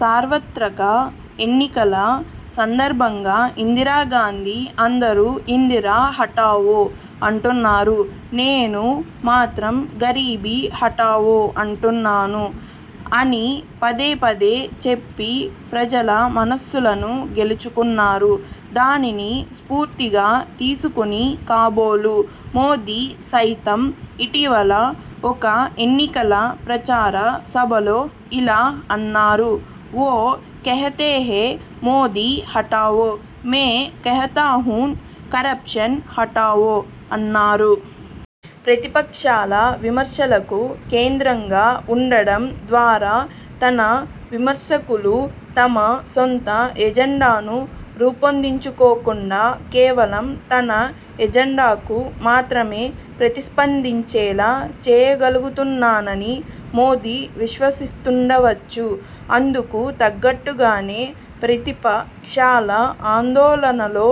సార్వత్రక ఎన్నికల సందర్భంగా ఇందిరాగాంధీ 'అందరూ ఇందిరా హఠావో అంటున్నారు. నేను మాత్రం గరీబీ హఠావో అంటున్నాను' అని పదేపదే చెప్పి ప్రజల మనస్సులను గెలుచుకున్నారు. దానిని స్ఫూర్తిగా తీసుకుని కాబోలు మోదీ సైతం ఇటీవల ఒక ఎన్నికల ప్రచార సభలో ఇలా అన్నారు: 'వో కెహ్తే హై మోదీ హటావో, మే కెహ్తా హూన్ కరప్షన్ హటావో' అన్నారు. ప్రతిపక్షాల విమర్శలకు కేంద్రంగా ఉండడం ద్వారా తన విమర్శకులు తమ సొంత ఎజెండాను రూపొందించుకోకుండా కేవలం తన ఎజెండాకు మాత్రమే ప్రతిస్పందించేలా చేయగలుగుతున్నానని మోదీ విశ్వసిస్తుండవచ్చు. అందుకు తగ్గట్టుగానే ప్రతిప క్షాల ఆందోళనలో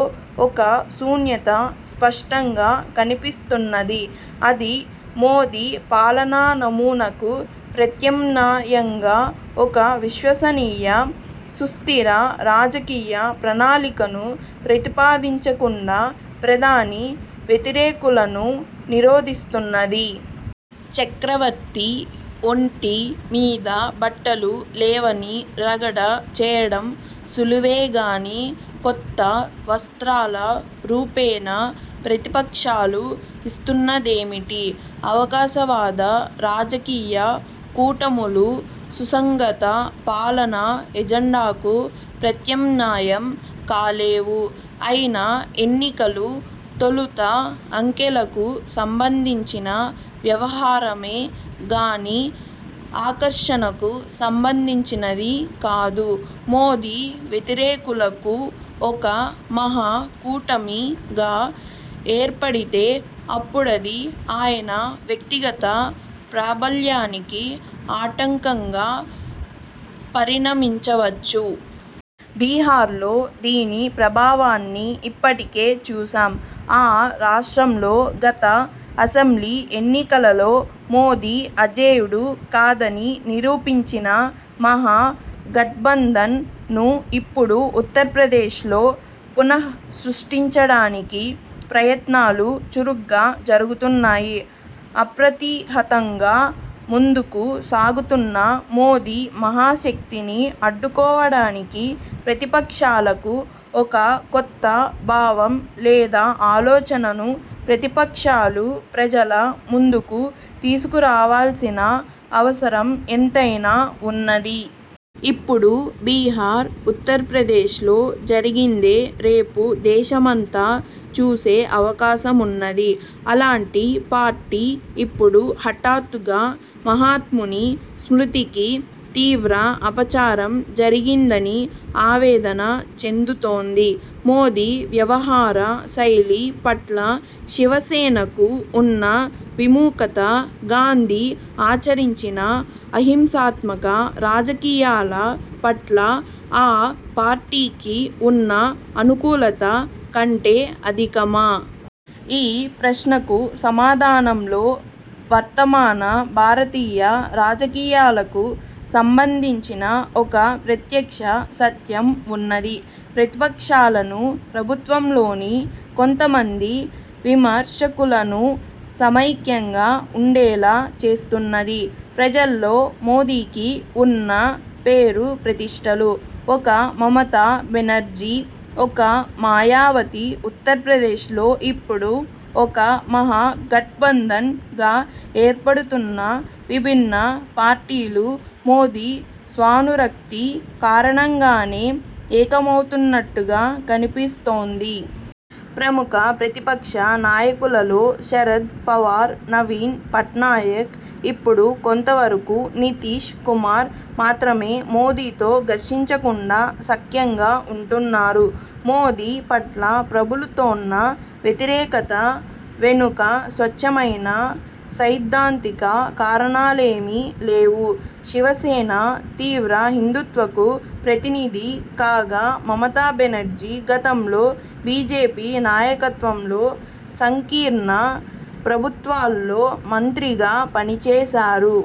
ఒక శూన్యత స్పష్టంగా కన్పిస్తున్నది. అది, మోదీ పాలనానమూనాకు ప్రత్యామ్నాయంగా ఒక విశ్వసనీయ, సుస్థిర రాజకీయ ప్రణాళికను ప్రతిపాదించకుండా ప్రధాని వ్యతిరేకులను నిరోధిస్తున్నది. చక్రవర్తి ఒంటి మీద బట్టలు లేవని రగడ చేయడం సులువేగానీ, కొత్త వస్త్రాల రూపేణా ప్రతిపక్షాలు ఇస్తున్నదేమిటి? అవకాశవాద రాజకీయ కూటములు సుసంగత పాలనా ఎజెండాకు ప్రత్యామ్నాయం కాలేవు. అయినా ఎన్నికలు, తొలుత అంకెలకు సంబంధించిన వ్యవహారమే గానీ ఆకర్షణకు సంబంధించినది కాదు. మోదీ వ్యతిరేకులు ఒక 'మహా కూటమి'గా ఏర్పడితే అప్పుడది ఆయన వ్యక్తిగత ప్రాబల్యానికి ఆటంకంగా పరిణమించవచ్చు. బిహార్లో దీని ప్రభావాన్ని ఇప్పటికే చూశాం. ఆ రాష్ట్రంలో గత అసెంబ్లీ ఎన్నికలలో మోదీ అజేయుడు కాదని నిరూపించిన 'మహా గట్బంధన్'ను ఇప్పుడు ఉత్తరప్రదేశ్లో పునఃసృష్టించడానికి ప్రయత్నాలు చురుగ్గా జరుగుతున్నాయి. అప్రతిహతంగా ముందుకు సాగుతున్న మోదీ మహాశక్తిని అడ్డుకోవడానికి ప్రతిపక్షాలకు ఒక కొత్త భావం లేదా ఆలోచనను ప్రతిపక్షాలు ప్రజల ముందుకు తీసుకురావలసిన అవసరం ఎంతైనా వున్నది. ఇప్పుడు బిహార్, ఉత్తరప్రదేశ్లో జరిగిందే రేపు దేశమంతా చూసే అవకాశమున్నది. అలాంటి పార్టీ ఇప్పుడు హఠాత్తుగా మహాత్ముని స్మృతికి తీవ్ర అపచారం జరిగిందని ఆవేదన చెందుతోంది! మోదీ వ్యవహార శైలి పట్ల శివసేనకు ఉన్న విముఖత, గాంధీ ఆచరించిన అహింసాత్మక రాజకీయాల పట్ల ఆ పార్టీకి వున్న అనుకూలత కంటే అధికమా? ఈ ప్రశ్నకు సమాధానంలో వర్తమాన భారతీయ రాజకీయాలకు సంబంధించిన ఒక ప్రత్యక్ష సత్యం ఉన్నది: ప్రతిపక్షాలను, ప్రభుత్వంలోని కొంతమంది విమ ర్శకులను సమైక్యంగా ఉండేలా చేస్తున్నది ప్రజల్లో మోదీకి వున్న పేరు ప్రతిష్ఠలు. ఒక మమతా బెనర్జీ, ఒక మాయావతి, ఉత్తరప్రదేశ్లో ఇప్పుడు ఒక 'మహా–గట్బంధన్'గా ఏర్పడుతున్న విభిన్న పార్టీలు, మోదీ స్వానురక్తి కారణంగానే ఏకమవుతున్నట్టుగా కన్పిస్తోంది. ప్రముఖ ప్రతిపక్ష నాయకులలో శరద్ పవార్, నవీన్ పట్నాయక్, ఇప్పుడు కొంతవరకు నితీశ్ కుమార్ మాత్రమే మోదీతో ఘర్షించకుండా సఖ్యంగా ఉంటున్నారు. మోదీ పట్ల ప్రబలుతోన్న వ్యతిరేకత వెనుక స్వచ్ఛమైన సైద్ధాంతిక కారణాలేమీ లేవు. శివసేన తీవ్ర హిందూత్వకు ప్రతినిధి కాగా మమతాబెనర్జీ గతంలో బీజేపీ నాయకత్వంలోని సంకీర్ణ ప్రభుత్వాల్లో మంత్రిగా పనిచేశారు.